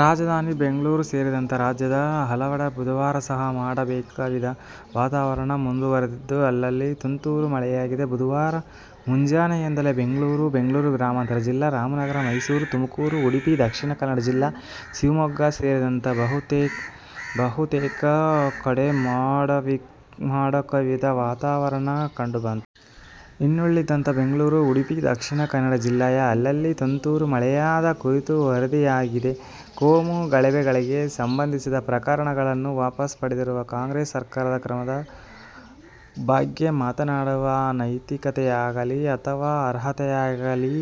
ರಾಜಧಾನಿ ಬೆಂಗಳೂರು ಸೇರಿದಂತೆ ರಾಜ್ಯದ ಹಲವೆಡೆ ಬುಧವಾರ ಸಹ ಮೋಡಕವಿದ ವಾತಾವರಣ ಮುಂದುವರಿದಿದ್ದು, ಅಲ್ಲಲ್ಲಿ ತುಂತುರು ಮಳೆಯಾಗಿದೆ. ಬುಧವಾರ ಮುಂಜಾನೆಯಿಂದಲೇ ಬೆಂಗಳೂರು, ಬೆಂಗಳೂರು ಗ್ರಾಮಾಂತರ ಜಿಲ್ಲೆ, ರಾಮನಗರ, ಮೈಸೂರು, ತುಮಕೂರು, ಉಡುಪಿ, ದಕ್ಷಿಣ ಕನ್ನಡ ಜಿಲ್ಲೆ, ಶಿವಮೊಗ್ಗ ಸೇರಿದಂತೆ ಬಹುತೇಕ ಕಡೆ ಮೋಡಕವಿದ ವಾತಾವರಣ ಕಂಡು ಬಂತು. ಇನ್ನುಳಿದಂತೆ ಬೆಂಗಳೂರು, ಉಡುಪಿ, ದಕ್ಷಿಣ ಕನ್ನಡ ಜಿಲ್ಲೆಯ ಅಲ್ಲಲ್ಲಿ ತುಂತುರು ಮಳೆಯಾದ ಕುರಿತು ವರದಿಯಾಗಿದೆ. ಕೋಮು ಗಲಭೆಗಳಿಗೆ ಸಂಬಂಧಿಸಿದ ಪ್ರಕರಣಗಳನ್ನು ವಾಪಸ್ ಪಡೆದಿರುವ ಕಾಂಗ್ರೆಸ್ ಸರ್ಕಾರದ ಕ್ರಮದ ಬಗ್ಗೆ ಮಾತನಾಡುವ ನೈತಿಕತೆಯಾಗಲಿ ಅಥವಾ ಅರ್ಹತೆಯಾಗಲಿ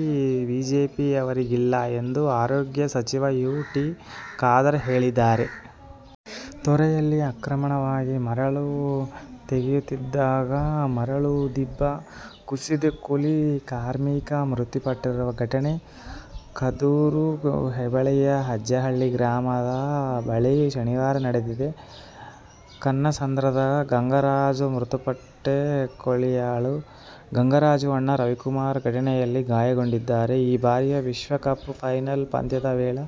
ಬಿಜೆಪಿಯವರಿಗಿಲ್ಲ ಎಂದು ಆರೋಗ್ಯ ಸಚಿವ ಯು. ಟಿ. ಖಾದರ್ ಹೇಳಿದ್ದಾರೆ. ತೊರೆಯಲ್ಲಿ ಅಕ್ರಮವಾಗಿ ಮರಳು ತೆಗೆಯುತ್ತಿದ್ದಾಗ ಮರಳು ದಿಬ್ಬ ಕುಸಿದು ಕೂಲಿ ಕಾರ್ಮಿಕ ಮೃತಪಟ್ಟಿರುವ ಘಟನೆ ಕುದೂರು ಹೋಬಳಿಯ ಅಜ್ಜಹಳ್ಳಿ ಗ್ರಾಮದ ಬಳಿ ಶನಿವಾರ ನಡೆದಿದೆ. ಕನ್ನಸಂದ್ರದ ಗಂಗರಾಜು ಮೃತಪಟ್ಟ ಕೂಲಿಯಾಳು. ಗಂಗರಾಜು ಅಣ್ಣ ರವಿಕುಮಾರ್ ಘಟನೆಯಲ್ಲಿ ಗಾಯಗೊಂಡಿದ್ದಾರೆ. ಈ ಬಾರಿಯ ವಿಶ್ವಕಪ್ ಫೈನಲ್ ಪಂದ್ಯದ ವೇಳೆ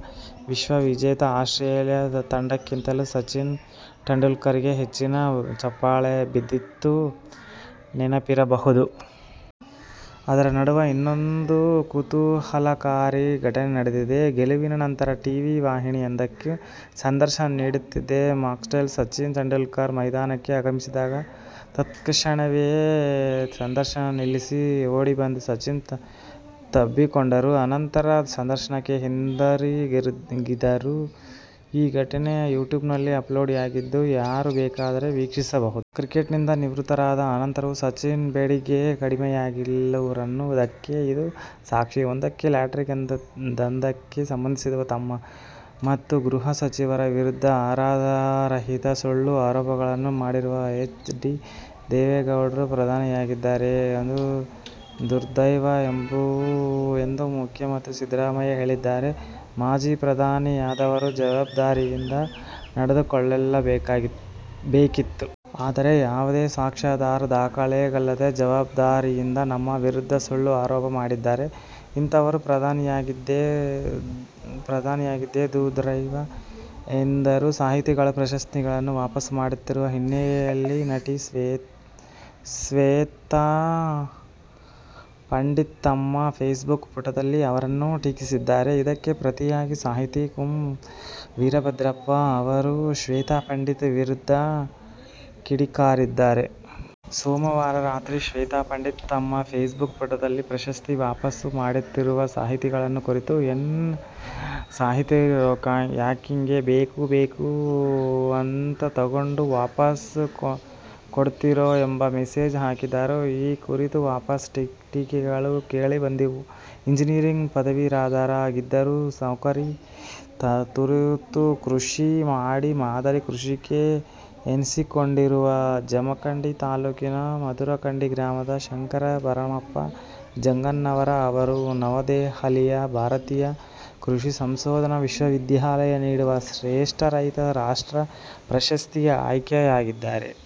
ವಿಶ್ವವಿಜೇತ ಆಸ್ಟ್ರೇಲಿಯ ತಂಡಕ್ಕಿಂತಲೂ ಸಚಿನ್ ತೆಂಡುಲ್ಕರ್ಗೆ ಹೆಚ್ಚಿನ ಚಪ್ಪಾಳೆ ಬಿದ್ದಿದ್ದು ನೆನಪಿರಬಹುದು. ಅದರ ನಡುವೆ ಇನ್ನೊಂದು ಕುತೂಹಲಕಾರಿ ಘಟನೆ ನಡೆದಿದೆ. ಗೆಲುವಿನ ಅನಂತರ ಟಿವಿ ವಾಹಿನಿಯೊಂದಕ್ಕೆ ಸಂದರ್ಶನ ನೀಡುತ್ತಿದ್ದ ಮ್ಯಾಕ್ಸ್ವೆಲ್, ಸಚಿನ್ ತೆಂಡುಲ್ಕರ್ ಮೈದಾನಕ್ಕೆ ಆಗಮಿಸಿದಾಗ ತತ್ಕ್ಷಣವೇ ಸಂದರ್ಶನ ನಿಲ್ಲಿಸಿ ಓಡಿಬಂದು ಸಚಿನ್ ತಬ್ಬಿಕೊಂಡರು. ಅನಂತರ ಸಂದರ್ಶನಕ್ಕೆ ಹಿಂದಿರುಗಿದರು! ಈ ಘಟನೆ ಯೂಟ್ಯೂಬ್ನಲ್ಲಿ ಅಪ್ಲೋಡ್ ಆಗಿದ್ದು, ಯಾರು ಬೇಕಾದರೂ ವೀಕ್ಷಿಸಬಹುದು. ಕ್ರಿಕೆಟ್ನಿಂದ ನಿವೃತ್ತರಾದ ಅನಂತರವೂ ಸಚಿನ್ಗೆ ಬೇಡಿಕೆ ಕಡಿಮೆಯಾಗಿಲ್ಲವೆನ್ನುವುದಕ್ಕೆ ಇದು ಸಾಕ್ಷಿ. ಒಂದಂಕಿ ಲಾಟರಿ ದಂಧೆಗೆ ಸಂಬಂಧಿಸಿದಂತೆ ತಮ್ಮ ಮತ್ತು ಗೃಹ ಸಚಿವರ ವಿರುದ್ಧ ಆಧಾರರಹಿತ ಸುಳ್ಳು ಆರೋಪಗಳನ್ನು ಮಾಡಿರುವ ಎಚ್. ಡಿ. ದೇವೇಗೌಡರು ಪ್ರಧಾನಿಯಾಗಿದ್ದೇ ಒಂದು ದುರ್ದೈವ ಎಂದು ಮುಖ್ಯಮಂತ್ರಿ ಸಿದ್ದರಾಮಯ್ಯ ಹೇಳಿದ್ದಾರೆ. ಮಾಜಿ ಪ್ರಧಾನಿಯಾದವರು ಜವಾಬ್ದಾರಿಯಿಂದ ನಡೆದುಕೊಳ್ಳಬೇಕಿತ್ತು. ಆದರೆ, ಯಾವುದೇ ಸಾಕ್ಷ್ಯಾಧಾರ, ದಾಖಲೆಗಳಿಲ್ಲದೆ ಬೇಜವಾಬ್ದಾರಿಯಿಂದ ನಮ್ಮ ವಿರುದ್ಧ ಸುಳ್ಳು ಆರೋಪ ಮಾಡಿದ್ದಾರೆ. ಇಂಥವರು ಪ್ರಧಾನಿಯಾಗಿದ್ದೇ ದುರ್ದೈವ ಎಂದರು. ಸಾಹಿತಿಗಳು ಪ್ರಶಸ್ತಿಗಳನ್ನು ವಾಪಸ್ಸು ಮಾಡುತ್ತಿರುವ ಹಿನ್ನೆಲೆಯಲ್ಲಿ ನಟಿ ಶ್ವೇತಾ ಪಂಡಿತ್ ತಮ್ಮ ಫೇಸ್ಬುಕ್ ಪುಟದಲ್ಲಿ ಅವರನ್ನು ಟೀಕಿಸಿದ್ದಾರೆ. ಇದಕ್ಕೆ ಪ್ರತಿಯಾಗಿ ಸಾಹಿತಿ ಕುಂ. ವೀರಭದ್ರಪ್ಪ ಅವರು ಶ್ವೇತಾ ಪಂಡಿತ್ ವಿರುದ್ಧ ಕಿಡಿಕಾರಿದ್ದಾರೆ. ಸೋಮವಾರ ರಾತ್ರಿ ಶ್ವೇತಾ ಪಂಡಿತ್ ತಮ್ಮ ಫೇಸ್ಬುಕ್ ಪುಟದಲ್ಲಿ ಪ್ರಶಸ್ತಿ ವಾಪಸ್ಸು ಮಾಡುತ್ತಿರುವ ಸಾಹಿತಿಗಳನ್ನು ಕುರಿತು, 'ಏನ್ ಸಾಹಿತಿರೋ ಯಾಕಿಂಗ, ಬೇಕು ಬೇಕು ಬೇಕು ಅಂತಾ ತೊಗೊಂಡ್ ವಾಪಸ್ ಕೊಡ್ತೀರೋ ' ಎಂಬ ಮೆಸೇಜ್ ಹಾಕಿದ್ದರು. ಈ ಕುರಿತು ವ್ಯಾಪಕ ಟೀಕೆಗಳು ಕೇಳಿ ಬಂದಿವೆ. ಎಂಜಿನಿಯರಿಂಗ್ ಪದವೀಧರರಾ ಗಿದ್ದರೂ ನೌಕರಿ ತೊರೆದು ಕೃಷಿ ಮಾಡಿ ಮಾದರಿ ಕೃಷಿಕ ಎನಿಸಿಕೊಂಡಿರುವ ಜಮಖಂಡಿ ತಾಲೂಕಿನ ಮಧುರಖಂಡಿ ಗ್ರಾಮದ ಶಂಕರ ಭರಮಪ್ಪ ಜಂಗನ್ನವರ ಅವರು ನವದೆಹಲಿಯ ಭಾರತೀಯ ಕೃಷಿ ಸಂಶೋಧನಾ ವಿಶ್ವವಿದ್ಯಾಲಯ ನೀಡುವ ಶ್ರೇಷ್ಠ ರೈತ ರಾಷ್ಟ್ರ ಪ್ರಶಸ್ತಿಗೆ ಆಯ್ಕೆಯಾಗಿದ್ದಾರೆ.